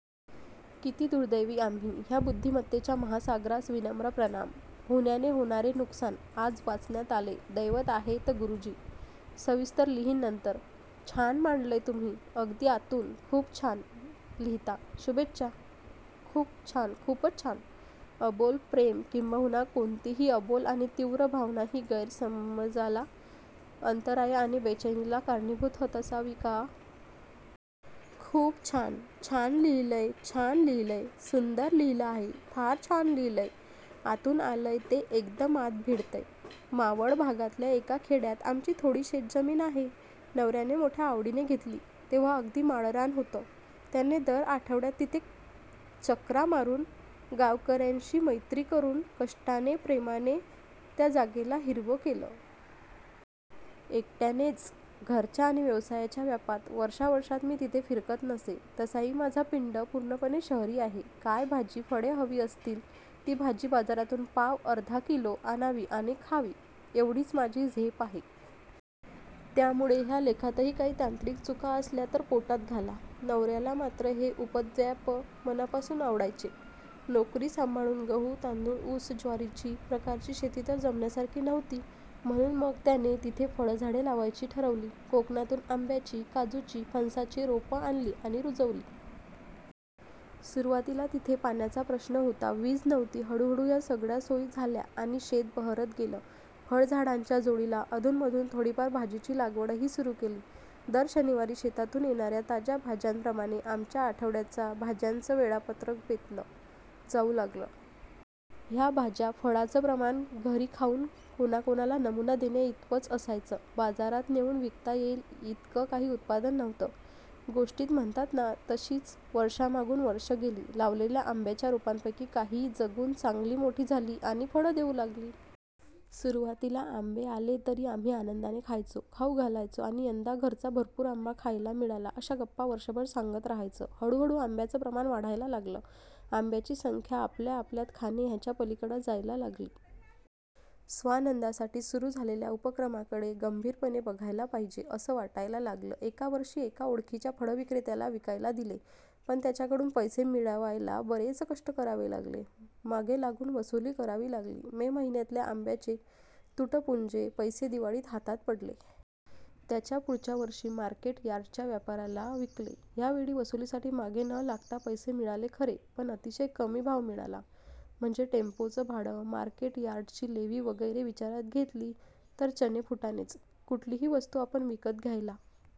किती दुर्दैवी आम्ही? ह्या बुद्धिमत्तेच्या महासागरास विनम्र प्रणाम. होण्याने होणारे नुकसान. आज वाचण्यात आले. दैवत आहेत गुरुजी, सविस्तर लिहीन नन्तर. छान मांडलय तुम्ही. अगदी आतून. खूप छान लिहीताशुभेच्छा! खूप छानखूपच छान. अबोल प्रेम किंबहुना कोणतीही अबोल आणि तीव्र भावना ही गैरसमजाला, अंतराय आणि बेचैनीला कारणीभूत होत असावी का? खूप छानछान लिहिलंयछान लिहिलयं! सुंदर लिहील आहे! फार छान लिहिलंय, आतून आलंय ते, एकदम आत भिडतंय. मावळ भागातल्या एका खेड्यात आमची थोडी शेतजमीन आहे. नवऱ्याने मोठ्या आवडीने घेतली, तेव्हा अगदी माळरान होतं. त्याने दर आठवड्यात तिथे चकरा मारून, गावकऱ्यांशी मैत्री करून, कष्टाने-प्रेमाने त्या जागेला हिरवं केलं. एकट्यानेच. घरच्या आणि व्यवसायाच्या व्यापात वर्षावर्षात मी तिथे फिरकत नसे. तसाही माझा पिंड पूर्णपणे शहरी आहे. काय भाजी- फळे हवी असतील, ती भाजी बाजारातून पाव-अर्धा किलो आणावी आणि खावी एवढीच माझी झेप आहे. त्यामुळे ह्या लेखातही काही तांत्रिक चुका असल्या, तर पोटात घाला. नवऱ्याला मात्र हे उपद्व्याप मनापासून आवडायचे. नोकरी सांभाळून गहू-तांदूळ-ऊस-ज्वारीची प्रकारची शेती तर जमण्यासारखी नव्हती. म्हणून मग त्याने तिथे फळझाडे लावायची ठरवली. कोकणातून आंब्यांची, काजूची, फणसाची रोपं आणली आणि रुजवली. सुरवातीला तिथे पाण्याचा प्रश्न होता, वीज नव्हती. हळूहळू ह्या सगळ्या सोयी झाल्या आणि शेत बहरत गेलं. फळझाडांच्या जोडीला अधूनमधून थोडीफार भाजीची लागवडही सुरू केली. दर शनिवारी शेतावरून येणाऱ्या ताज्या भाज्यांप्रमाणे आमच्या आठवड्याचा भाज्यांचं वेळापत्रक बेतलं जाऊ लागलं. ह्या भाज्या- फळांचं प्रमाण घरी खाऊन कोणाकोणाला नमुना देण्याइतपतच असायचं. बाजारात नेऊन विकता येईल, इतकं काही उत्पादन नव्हतं. गोष्टीत म्हणतात ना, तशीच वर्षामागून वर्ष गेली. लावलेल्या आंब्यांच्या रोपांपैकी काही जगून चांगली मोठी झाली आणि फळं देऊ लागली. सुरवातीला आंबे आले, तरी आम्ही आनंदाने खायचो, खाऊ घालायचो आणि 'यंदा घरचा भरपूर आंबा खायला मिळाला' अशा गप्पा वर्षभर सांगत राहायचो. हळूहळू आंब्यांचं प्रमाण वाढायला लागलं. आंब्यांची संख्या आपल्या आपल्यात खाणे ह्याच्या पलीकडे जायला लागली. स्वानंदासाठी सुरू झालेल्या उपक्रमाकडे गंभीरपणे बघायला पाहिजे, असं वाटायला लागलं. एका वर्षी एका ओळखीच्या फळविक्रेत्याला विकायला दिले. पण त्याच्याकडून पैसे मिळवायला बरेच कष्ट करावे लागले, मागे लागून वसुली करावी लागली. मे महिन्यातल्या आंब्यांचे तुटपुंजे पैसे दिवाळीत हातात पडले. त्याच्या पुढच्या वर्षी मार्केट यार्डच्या व्यापाऱ्याला विकले. ह्या वेळी वसुलीसाठी मागे न लागता पैसे मिळाले खरे. पण अतिशय कमी भाव मिळाला. म्हणजे टेम्पोचं भाडं, मार्केट यार्डची लेव्ही वगैरे विचारात घेतली, तर चणे-फुटाणेच. कुठलीही वस्तू आपण विकत घ्यायला